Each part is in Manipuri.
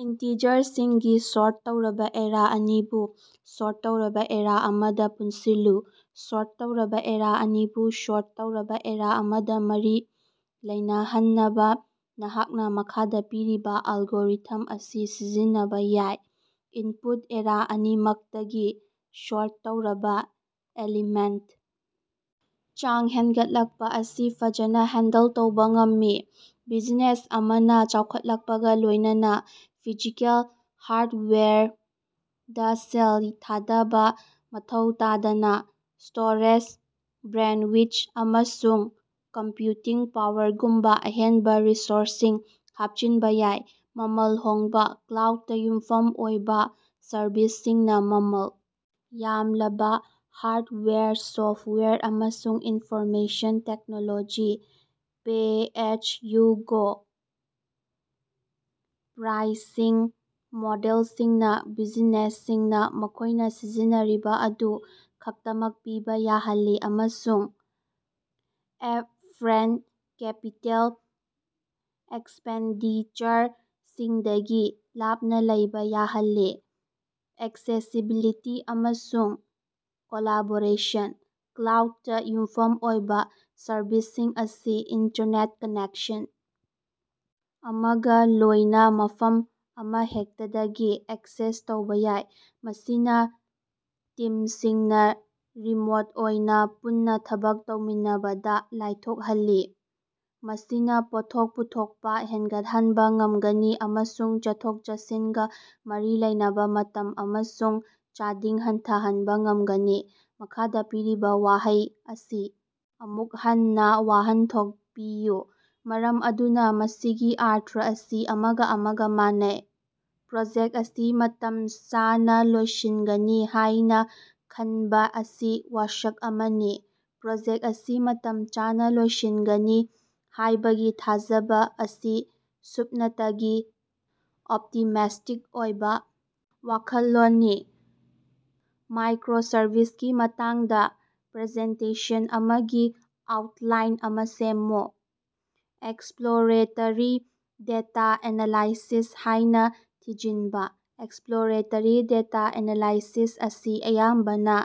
ꯏꯟꯇꯤꯖꯔꯁꯤꯡꯒꯤ ꯁꯣꯔꯠ ꯇꯧꯔꯕ ꯑꯦꯔꯦ ꯑꯅꯤꯕꯨ ꯁꯣꯔꯠ ꯇꯧꯔꯕ ꯑꯦꯔꯦ ꯑꯃꯗ ꯄꯨꯟꯁꯤꯜꯂꯨ꯫ ꯁꯣꯔꯠ ꯇꯧꯔꯕ ꯑꯦꯔꯦ ꯑꯅꯤꯕꯨ ꯁꯣꯔꯠ ꯇꯧꯔꯕ ꯑꯦꯔꯦ ꯑꯃꯗ ꯃꯔꯤ ꯂꯩꯅꯍꯟꯅꯕ, ꯅꯍꯥꯛꯅ ꯃꯈꯥꯗ ꯄꯤꯔꯤꯕ ꯑꯦꯜꯒꯣꯔꯤꯊꯝ ꯑꯁꯤ ꯁꯤꯖꯤꯟꯅꯕ ꯌꯥꯏ: ꯏꯟꯄꯨꯠ ꯑꯦꯔꯦ ꯑꯅꯤꯃꯛꯇꯒꯤ ꯁꯣꯔꯠ ꯇꯧꯔꯕ ꯑꯦꯂꯤꯃꯦꯟꯠ ꯆꯥꯡ ꯍꯦꯟꯒꯠꯂꯛꯄ ꯑꯁꯤ ꯐꯖꯅ ꯍꯦꯟꯗꯜ ꯇꯧꯕ ꯉꯝꯃꯤ꯫ ꯕꯤꯖꯤꯅꯦꯁ ꯑꯃꯅ ꯆꯥꯎꯈꯠꯂꯛꯄꯒ ꯂꯣꯏꯅꯅ ꯐꯤꯖꯤꯀꯦꯜ ꯍꯥꯔꯗꯋꯦꯌꯔꯗ ꯁꯦꯜ ꯊꯥꯗꯕ ꯃꯊꯧ ꯇꯥꯗꯅ ꯁ꯭ꯇꯣꯔꯦꯖ, ꯕꯦꯟꯗꯋꯤꯊ, ꯑꯃꯁꯨꯡ ꯀꯝꯄ꯭ꯌꯨꯇꯤꯡ ꯄꯥꯋꯔꯒꯨꯝꯕ ꯑꯍꯦꯟꯕ ꯔꯤꯁꯣꯔꯁꯁꯤꯡ ꯍꯥꯞꯆꯤꯟꯕ ꯌꯥꯏ꯫ ꯃꯃꯜ ꯍꯣꯡꯕꯥ: ꯀ꯭ꯂꯥꯎꯗꯇ ꯌꯨꯝꯐꯝ ꯑꯣꯏꯕ ꯁꯔꯚꯤꯁꯁꯤꯡꯅ ꯃꯃꯜ ꯌꯥꯝꯂꯕ ꯍꯥꯔꯗꯋꯦꯌꯔ, ꯁꯣꯐꯋꯦꯌꯔ, ꯑꯃꯁꯨꯡ ꯏꯟꯐꯣꯔꯃꯦꯁꯟ ꯇꯦꯛꯅꯣꯂꯣꯖꯤ ꯄꯦ-ꯑꯦꯖ-ꯌꯨ-ꯒꯣ ꯄ꯭ꯔꯥꯏꯁꯤꯡ ꯃꯣꯗꯦꯜꯁꯤꯡꯅ ꯕꯤꯖꯤꯅꯦꯁꯁꯤꯡꯅ ꯃꯈꯣꯏꯅ ꯁꯤꯖꯤꯟꯅꯔꯤꯕ ꯑꯗꯨ ꯈꯛꯇꯃꯛ ꯄꯤꯕ ꯌꯥꯍꯜꯂꯤ ꯑꯃꯁꯨꯡ ꯑꯞ-ꯐ꯭ꯔꯟꯠ ꯀꯦꯄꯤꯇꯦꯜ ꯑꯦꯛꯁꯄꯦꯟꯗꯤꯆꯔꯁꯤꯡꯗꯒꯤ ꯂꯥꯞꯅ ꯂꯩꯕ ꯌꯥꯍꯜꯂꯤ꯫ ꯑꯦꯛꯁꯦꯁꯤꯕꯤꯂꯤꯇꯤ ꯑꯃꯁꯨꯡ ꯀꯣꯂꯥꯕꯣꯔꯦꯁꯟ: ꯀ꯭ꯂꯥꯎꯗꯇ ꯌꯨꯝꯐꯝ ꯑꯣꯏꯕ ꯁꯔꯚꯤꯁꯁꯤꯡ ꯑꯁꯤ ꯏꯟꯇꯔꯅꯦꯠ ꯀꯅꯦꯛꯁꯟ ꯑꯃꯒ ꯂꯣꯏꯅ ꯃꯐꯝ ꯑꯃꯍꯦꯛꯇꯗꯒꯤ ꯑꯦꯛꯁꯦꯁ ꯇꯧꯕ ꯌꯥꯏ, ꯃꯁꯤꯅ ꯇꯤꯝꯁꯤꯡꯅ ꯔꯤꯃꯣꯠ ꯑꯣꯏꯅ ꯄꯨꯟꯅ ꯊꯕꯛ ꯇꯧꯃꯤꯟꯅꯕꯗ ꯂꯥꯏꯊꯣꯛꯍꯜꯂꯤ꯫ ꯃꯁꯤꯅ ꯄꯣꯠꯊꯣꯛ ꯄꯨꯊꯣꯛꯄ ꯍꯦꯟꯒꯠꯍꯟꯕ ꯉꯝꯒꯅꯤ ꯑꯃꯁꯨꯡ ꯆꯠꯊꯣꯛ-ꯆꯠꯁꯤꯟꯒ ꯃꯔꯤ ꯂꯩꯅꯕ ꯃꯇꯝ ꯑꯃꯁꯨꯡ ꯆꯥꯗꯤꯡ ꯍꯟꯊꯍꯟꯕ ꯉꯝꯒꯅꯤ꯫ ꯃꯈꯥꯗ ꯄꯤꯔꯤꯕ ꯋꯥꯍꯩ ꯑꯁꯤ ꯑꯃꯨꯛ ꯍꯟꯅ ꯋꯥꯍꯟꯊꯣꯛ ꯄꯤꯌꯨ ꯃꯔꯝ ꯑꯗꯨꯅ ꯃꯁꯤꯒꯤ ꯑꯔꯊ ꯑꯁꯤ ꯑꯃꯒ ꯑꯃꯒ ꯃꯥꯟꯅꯩ꯫ "ꯄ꯭ꯔꯣꯖꯦꯛ ꯑꯁꯤ ꯃꯇꯝ ꯆꯥꯅ ꯂꯣꯏꯁꯤꯟꯒꯅꯤ ꯍꯥꯏꯅ ꯈꯟꯕ ꯑꯁꯤ ꯋꯥꯁꯛ ꯑꯃꯅꯤ꯫" ꯄ꯭ꯔꯣꯖꯦꯛ ꯑꯁꯤ ꯃꯇꯝ ꯆꯥꯅ ꯂꯣꯏꯁꯤꯟꯒꯅꯤ ꯍꯥꯏꯕꯒꯤ ꯊꯥꯖꯕ ꯑꯁꯤ ꯁꯨꯞꯅꯇꯒꯤ ꯑꯣꯞꯇꯤꯃꯤꯁ꯭ꯇꯤꯛ ꯑꯣꯏꯕ ꯋꯥꯈꯜꯂꯣꯟꯅꯤ꯫ ꯃꯥꯏꯀ꯭ꯔꯣꯁꯔꯚꯤꯁꯀꯤ ꯃꯇꯥꯡꯗ ꯄ꯭ꯔꯖꯦꯟꯇꯦꯁꯟ ꯑꯃꯒꯤ ꯑꯥꯎꯠꯂꯥꯏꯟ ꯑꯃ ꯁꯦꯝꯃꯨ꯫ 'ꯑꯦꯛꯁꯄ꯭ꯂꯣꯔꯦꯇꯦꯔꯤ ꯗꯦꯇꯥ ꯑꯦꯅꯥꯂꯥꯏꯁꯤꯁ' ꯍꯥꯏꯅ ꯊꯤꯖꯤꯟꯕ꯫ ꯑꯦꯛꯁꯄ꯭ꯂꯣꯔꯦꯇꯦꯔꯤ ꯗꯦꯇꯥ ꯑꯦꯅꯥꯂꯥꯏꯁꯤꯁ ꯑꯁꯤ ꯑꯌꯥꯝꯕꯅ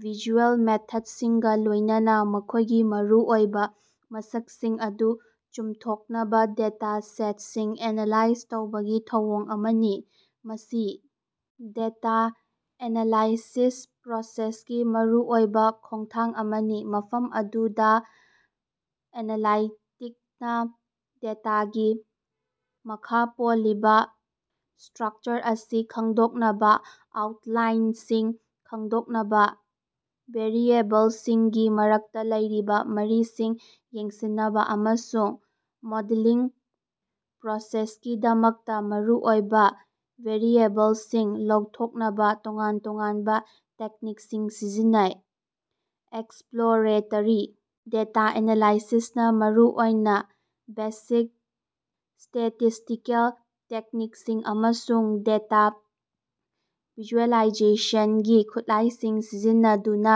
ꯚꯤꯖꯨꯑꯦꯜ ꯃꯦꯊꯗꯁꯤꯡꯒ ꯂꯣꯏꯅꯅ ꯃꯈꯣꯏꯒꯤ ꯃꯔꯨꯑꯣꯏꯕ ꯃꯁꯛꯁꯤꯡ ꯑꯗꯨ ꯆꯨꯝꯊꯣꯛꯅꯕ ꯗꯦꯇꯥ ꯁꯦꯠꯁꯤꯡ ꯑꯦꯅꯥꯂꯥꯏꯖ ꯇꯧꯕꯒꯤ ꯊꯧꯑꯣꯡ ꯑꯃꯅꯤ꯫ ꯃꯁꯤ ꯗꯦꯇꯥ ꯑꯦꯅꯥꯂꯥꯏꯁꯤꯁ ꯄ꯭ꯔꯣꯁꯦꯁꯀꯤ ꯃꯔꯨꯑꯣꯏꯕ ꯈꯣꯡꯊꯥꯡ ꯑꯃꯅꯤ, ꯃꯐꯝ ꯑꯗꯨꯗ ꯑꯦꯅꯥꯂꯥꯏꯇꯤꯛꯅ ꯗꯦꯇꯥꯒꯤ ꯃꯈꯥ ꯄꯣꯜꯂꯤꯕ ꯁ꯭ꯇꯔꯛꯆꯔ ꯑꯁꯤ ꯈꯪꯗꯣꯛꯅꯕ, ꯑꯥꯎꯠꯂꯥꯏꯔꯁꯤꯡ ꯈꯪꯗꯣꯛꯅꯕ, ꯚꯦꯔꯤꯑꯦꯕꯜꯁꯤꯡꯒꯤ ꯃꯔꯛꯇ ꯂꯩꯔꯤꯕ ꯃꯔꯤꯁꯤꯡ ꯌꯦꯡꯁꯤꯟꯅꯕ ꯑꯃꯁꯨꯡ ꯃꯣꯗꯦꯂꯤꯡ ꯄ꯭ꯔꯣꯁꯦꯁꯀꯤꯗꯃꯛꯇ ꯃꯔꯨꯑꯣꯏꯕ ꯚꯦꯔꯤꯑꯦꯕꯜꯁꯤꯡ ꯂꯧꯊꯣꯛꯅꯕ ꯇꯣꯉꯥꯟ ꯇꯣꯉꯥꯟꯕ ꯇꯦꯛꯅꯤꯛꯁꯤꯡ ꯁꯤꯖꯤꯟꯅꯩ꯫ ꯑꯦꯛꯁꯄ꯭ꯂꯣꯔꯦꯇꯦꯔꯤ ꯗꯦꯇꯥ ꯑꯦꯅꯥꯂꯥꯏꯁꯤꯁ ꯅ ꯃꯔꯨ ꯑꯣꯏꯅ ꯕꯦꯁꯤꯛ ꯁ꯭ꯇꯦꯇꯤꯁꯇꯤꯀꯦꯜ ꯇꯦꯛꯅꯤꯛꯁꯤꯡ ꯑꯃꯁꯨꯡ ꯗꯦꯇꯥ ꯚꯤꯖꯨꯑꯦꯂꯥꯏꯖꯦꯁꯟꯒꯤ ꯈꯨꯠꯂꯥꯏꯁꯤꯡ ꯁꯤꯖꯤꯟꯅꯗꯨꯅ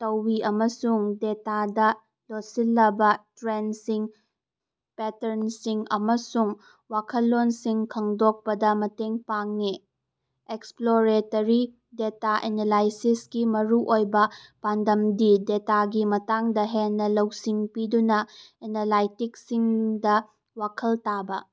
ꯇꯧꯏ ꯑꯃꯁꯨꯡ ꯗꯦꯇꯥꯗ ꯂꯣꯠꯁꯤꯜꯂꯕ ꯇ꯭ꯔꯦꯟꯁꯤꯡ, ꯄꯦꯇꯔꯟꯁꯤꯡ ꯑꯃꯁꯨꯡ ꯋꯥꯈꯜꯂꯣꯟꯁꯤꯡ ꯈꯪꯗꯣꯛꯄꯗ ꯃꯇꯦꯡ ꯄꯥꯡꯏ꯫ ꯑꯦꯛꯁꯄ꯭ꯂꯣꯔꯦꯇꯦꯔꯤ ꯗꯦꯇꯥ ꯑꯦꯅꯥꯂꯥꯏꯁꯤꯁ ꯀꯤ ꯃꯔꯨꯑꯣꯏꯕ ꯄꯥꯟꯗꯝꯗꯤ ꯗꯦꯇꯥꯒꯤ ꯃꯇꯥꯡꯗ ꯍꯦꯟꯅ ꯂꯧꯁꯤꯡ ꯄꯤꯗꯨꯅ ꯑꯦꯅꯥꯂꯥꯏꯇꯤꯛꯁꯁꯤꯡꯗ ꯋꯥꯈꯜ ꯇꯥꯕ꯫